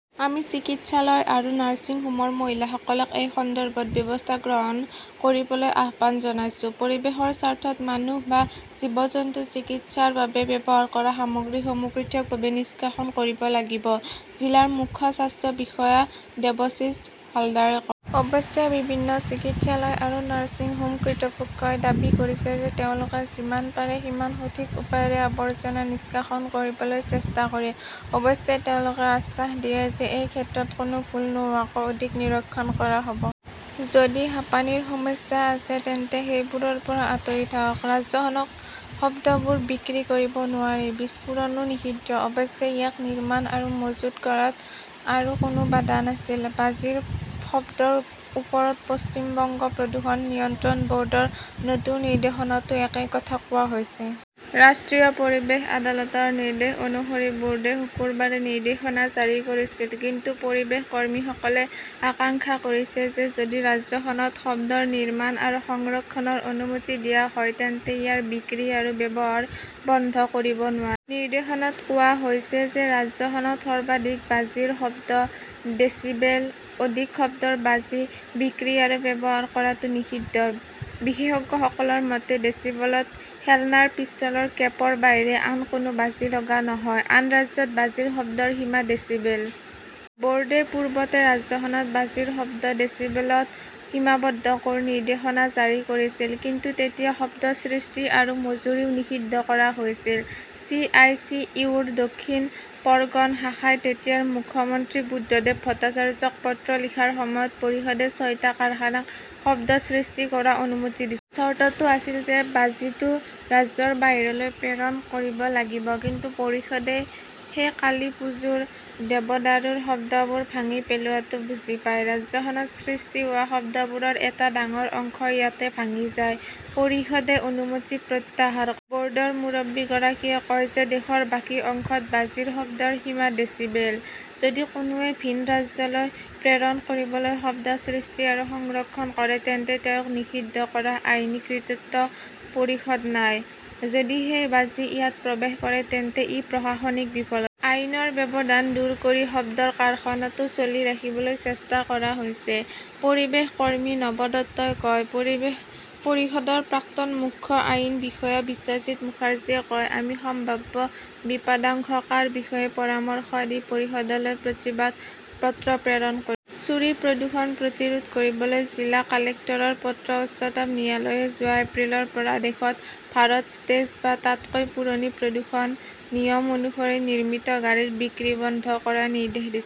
আমি চিকিৎসালয় আৰু নাৰ্ছিংহোমৰ মালিকসকলক এই সন্দৰ্ভত ব্যৱস্থা গ্ৰহণ কৰিবলৈ আহ্বান জনাইছো। পৰিৱেশৰ স্বাৰ্থত মানুহ বা জীৱ-জন্তুৰ চিকিৎসাৰ বাবে ব্যৱহাৰ কৰা সামগ্ৰীসমূহ পৃথকভাৱে নিষ্কাশন কৰিব লাগিব জিলাৰ মুখ্য স্বাস্থ্য বিষয়া দেৱশীছ হালদাৰে কয়। অৱশ্যে বিভিন্ন চিকিৎসালয় আৰু নাৰ্ছিংহোম কৰ্তৃপক্ষই দাবী কৰিছে যে তেওঁলোকে যিমান পাৰে সিমান সঠিক উপায়েৰে আৱৰ্জনা নিষ্কাশন কৰিবলৈ চেষ্টা কৰে। অৱশ্যে তেওঁলোকে আশ্বাস দিয়ে যে এই ক্ষেত্ৰত কোনো ভুল নোহোৱাকৈ অধিক নিৰীক্ষণ কৰা হ'ব। যদি হাঁপানীৰ সমস্যা আছে তেন্তে সেইবোৰৰ পৰা আতৰি থাকক। ৰাজ্যখনত শব্দবোৰ বিক্ৰী কৰিব নোৱাৰি। বিস্ফোৰণও নিষিদ্ধ। অৱশ্যে, ইয়াক নিৰ্মাণ আৰু মজুত কৰাত আৰু কোনো বাধা নাছিল। বাজিৰ শব্দৰ ওপৰত পশ্চিম বংগ প্ৰদূষণ নিয়ন্ত্ৰণ বৰ্ডৰ নতুন নিৰ্দেশনাতো একেই কথা কোৱা হৈছে। ৰাষ্ট্ৰীয় পৰিৱেশ আদালতৰ নিৰ্দেশ অনুসৰি বোৰ্ডে শুকুৰবাৰে নিৰ্দেশনা জাৰি কৰিছিল। কিন্তু পৰিৱেশ কৰ্মীসকলে আশংকা কৰিছে যে যদি ৰাজ্যখনত শব্দৰ নিৰ্মান আৰু সংৰক্ষণৰ অনুমতি দিয়া হয় তেন্তে ইয়াৰ বিক্ৰী আৰু ব্যৱহাৰ বন্ধ কৰিব নোৱাৰি। নিৰ্দেশনাত কোৱা হৈছে যে ৰাজ্যখনত সৰ্বাধিক বাজিৰ শব্দ ডেছিবেল। অধিক শব্দৰ বাজি বিক্ৰী আৰু ব্যৱহাৰ কৰাটো নিষিদ্ধ। বিশেষজ্ঞসকলৰ মতে, ডেছিবলত খেলনাৰ পিস্তলৰ কেপৰ বাহিৰে আন কোনো বাজি লগা নহয়। আন ৰাজ্যত বাজিৰ শব্দৰ সীমা ডেচিবেল। বৰ্ডে পূৰ্বতে ৰাজ্যখনত বাজিৰ শব্দ ডেছিবেলত সীমাবদ্ধ কৰি নিৰ্দেশনা জাৰি কৰিছিল। কিন্তু তেতিয়া শব্দ সৃষ্টি আৰু মজুৰিও নিষিদ্ধ কৰা হৈছিল। চি. আই. টি. ইউ. -ৰ দক্ষিণ পৰগন শাখাই তেতিয়াৰ মুখ্যমন্ত্ৰী বুদ্ধদেব ভট্টাচাৰ্যক পত্ৰ লিখাৰ সময়ত পৰিষদে ছয়টা কাৰখানাক শব্দ সৃষ্টি কৰা অনুমতি দিছিল। চৰ্তটো আছিল যে বাজিটো ৰাজ্যৰ বাহিৰলৈ প্ৰেৰণ কৰিব লাগিব। কিন্তু পৰিষদে সেই কালীপুজোৰ দেৱদাৰুৰ শব্দবোৰ ভাঙি পেলোৱাটো বুজি পায়, ৰাজ্যখনত সৃষ্টি হোৱা শব্দবোৰৰ এটা ডাঙৰ অংশ ইয়াতেই ভাঙি যায়। পৰিষদে অনুমতি প্ৰত্যাহাৰ কৰে। বৰ্ডৰ মুৰব্বীগৰাকীয়ে কয় যে দেশৰ বাকী অংশত বাজিৰ শব্দৰ সীমা ডেছিবেল। যদি কোনোৱে ভিন ৰাজ্যলৈ প্ৰেৰণ কৰিবলৈ শব্দ সৃষ্টি আৰু সংৰক্ষণ কৰে তেন্তে তেওঁক নিষিদ্ধত কৰাৰ আইনী কৰ্তৃত্ব পৰিষদ নাই। যদি সেই বাজি ইয়াত প্ৰৱেশ কৰে তেন্তে ই প্ৰশাসনিক বিফলতা। আইনৰ ব্যৱধান দূৰ কৰি শব্দৰ কাৰখানাটো চলি ৰাখিবলৈ চেষ্টা কৰা হৈছে, পৰিৱেশ কৰ্মী নৱ দত্তই কয়। পৰিৱেশ পৰিষদৰ প্ৰাক্তন মুখ্য আইন বিষয়া বিশ্বজিত মুখাৰ্জীয়ে কয়, আমি সম্ভাৱ্য বিপদাশংকাৰ বিষয়ে পৰামৰ্শ দি পৰিষদলৈ প্ৰতিবাদ পত্ৰ প্ৰেৰণ কৰিম। চুৰি-প্ৰদূষণ প্ৰতিৰোধ কৰিবলৈ জিলা কালেক্টৰৰ পত্ৰ উচ্চতম ন্যায়ালয়ে যোৱা এপ্ৰিলৰ পৰা দেশত ভাৰত ষ্টেজ- বা তাতকৈ পুৰণি প্ৰদূষণ নিয়ম অনুসৰি নিৰ্মিত গাড়ীৰ বিক্ৰী বন্ধ কৰাৰ নিৰ্দেশ দিছিল।